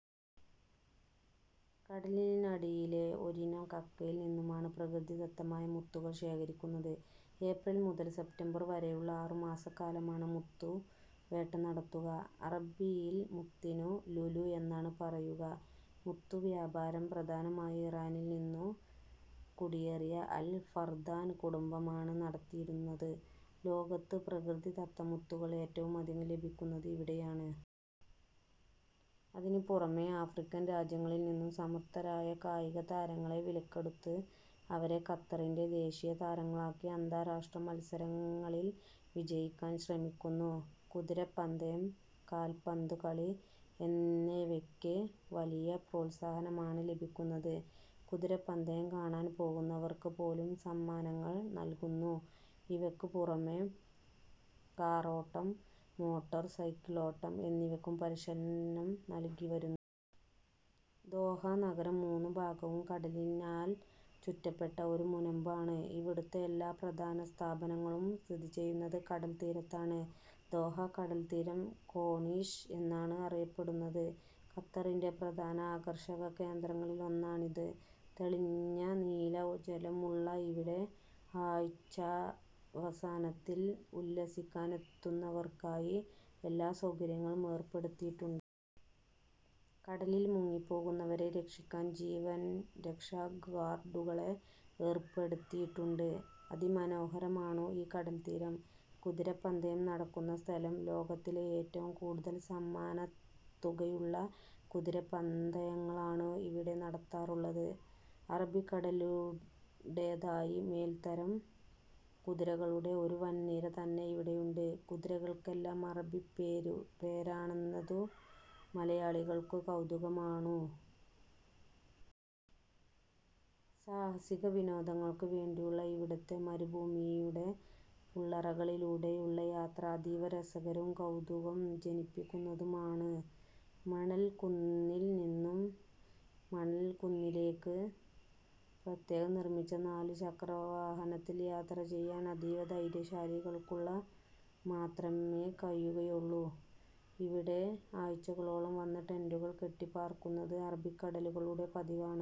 കടലിന്നടിയിലെ ഒരിനം കക്കയിൽ നിന്നുമാണ് പ്രകൃതി ദത്തമായ മുത്തുകൾ ശേഖരിക്കുന്നത്. ഏപ്രിൽ മുതൽ സെപ്റ്റംബർ വരെയുള്ള ആറു മാസക്കാലമാണ് മുത്തു വേട്ട നടത്തുക. അറബിയിൽ മുത്തിനു ലുലു എന്നാണ് പറയുക. മുത്തു വ്യാപാരം പ്രധാനമായും ഇറാനിൽ നിന്നും കുടിയേറിയ അൽ ഫർദാൻ കുടുംബമാണ് നടത്തിയിരുന്നതു. ലോകത്ത് പ്രകൃതിദത്ത മുത്തുകൾ ഏറ്റവുമധികം ലഭിക്കുന്നത് ഇവിടെയാണ്. അതിനു പുറമെ ആഫ്രിക്കൻ രാജ്യങ്ങളിൽ നിന്നും സമർത്ഥരായ കായിക താരങ്ങളെ വിലക്കെടുത്ത് അവരെ ഖത്തറിന്റെ ദേശീയ താരങ്ങളാക്കി അന്താരാഷ്ട്രാ മൽസരങ്ങളിൽ വിജയിക്കാൻ ശ്രമിക്കുന്നു. കുതിരപ്പന്തയം, കാല്പന്തു കളി എന്നൈവക്ക് വലിയ പ്രോൽസാഹനമാണ് ലഭിക്കുന്നത്. കുതിരപ്പന്തയം കാണാൻ പോകുന്നവർക്കു പോലും സമ്മാനങ്ങൾ നൽകുന്നു. ഇവക്കു പുറമെ കാറോട്ടം, മോട്ടോർ സൈക്കിൾ ഓട്ടം എന്നിവക്കും പരിശീലനം നൽകി വരുന്നു. ദോഹ നഗരം മൂന്നുഭാഗവും കടലിനാൽ ചുറ്റപ്പെട്ട ഒരു മുനമ്പ് ആണു. ഇവിടുത്തെ എല്ലാ പ്രധാന സ്ഥാപനങ്ങളും സ്ഥിതിചെയ്യുന്നത് കടൽത്തീരത്താണ്. ദോഹ കടൽ തീരം കോണീഷ് എന്നാണു അറിയപ്പെടുന്നതു. ഖത്തറിന്റെ പ്രധാന ആകർഷക കേന്ദ്രങ്ങളിലൊന്നാണിത്. തെളിഞ്ഞ നീല ജലം ഉള്ള ഇവിടെ ആഴ്ചാവസാനത്തിൽ ഉല്ലസിക്കാനെത്തുന്നവർക്കായി എല്ലാ സൗകര്യങ്ങളും ഏർപ്പെടുത്തിയിട്ടുണ്ട്. കടലിൽ മുങ്ങിപ്പോകുന്നവരെ രക്ഷിക്കാൻ ജീവൻ രക്ഷാ ഗ്വാർഡുകളെ ഏർപ്പെടുത്തിയിട്ടുണ്ട്. അതി മനോഹരമാണു ഈ കടൽത്തീരം. കുതിരപ്പന്തയം നടക്കുന്ന സ്ഥലം. ലോകത്തിലെ ഏറ്റവും കൂടുതൽ സമ്മാനത്തുകയുള്ള കുതിരപ്പന്തയങ്ങളാണു ഇവിടെ നടത്താറുള്ളതു. അറബികളുടെതായി മേൽത്തരം കുതിരകളുടെ ഒരു വൻ നിര തന്നെ ഇവിടെയുണ്ട്. കുതിരകൾക്കെല്ലാം അറബിപ്പേരാണെന്നതു മലയാളികൾക്കു കൗതുകമാണു. സാഹസിക വിനോദങ്ങൾക്കു വേണ്ടിയുള്ള ഇവിടുത്തെ മരുഭൂമിയുടെ ഉള്ളറകളിലൂടെയുള്ള യാത്ര അതീവ രസകരവും കൗതുകം ജനിപ്പിക്കുന്നതുമാണു. മണൽക്കുന്നിൽ നിന്നും മണൽ കുന്നിലേക്ക് പ്രത്യേകം നിർമ്മിച്ച നാലു ചക്ര വഹനത്തിൽ യാത്ര ചെയ്യാൻ അതീവ ധൈര്യശാലികൾക്കു മാത്രമെ കഴിയുകയുള്ളു. ഇവിടെ ആഴ്ചകളോളം വന്ന് ടെന്റുകൾ കെട്ടി പർക്കുന്നത് അറബികടലുകളുടെ പതിവാണു.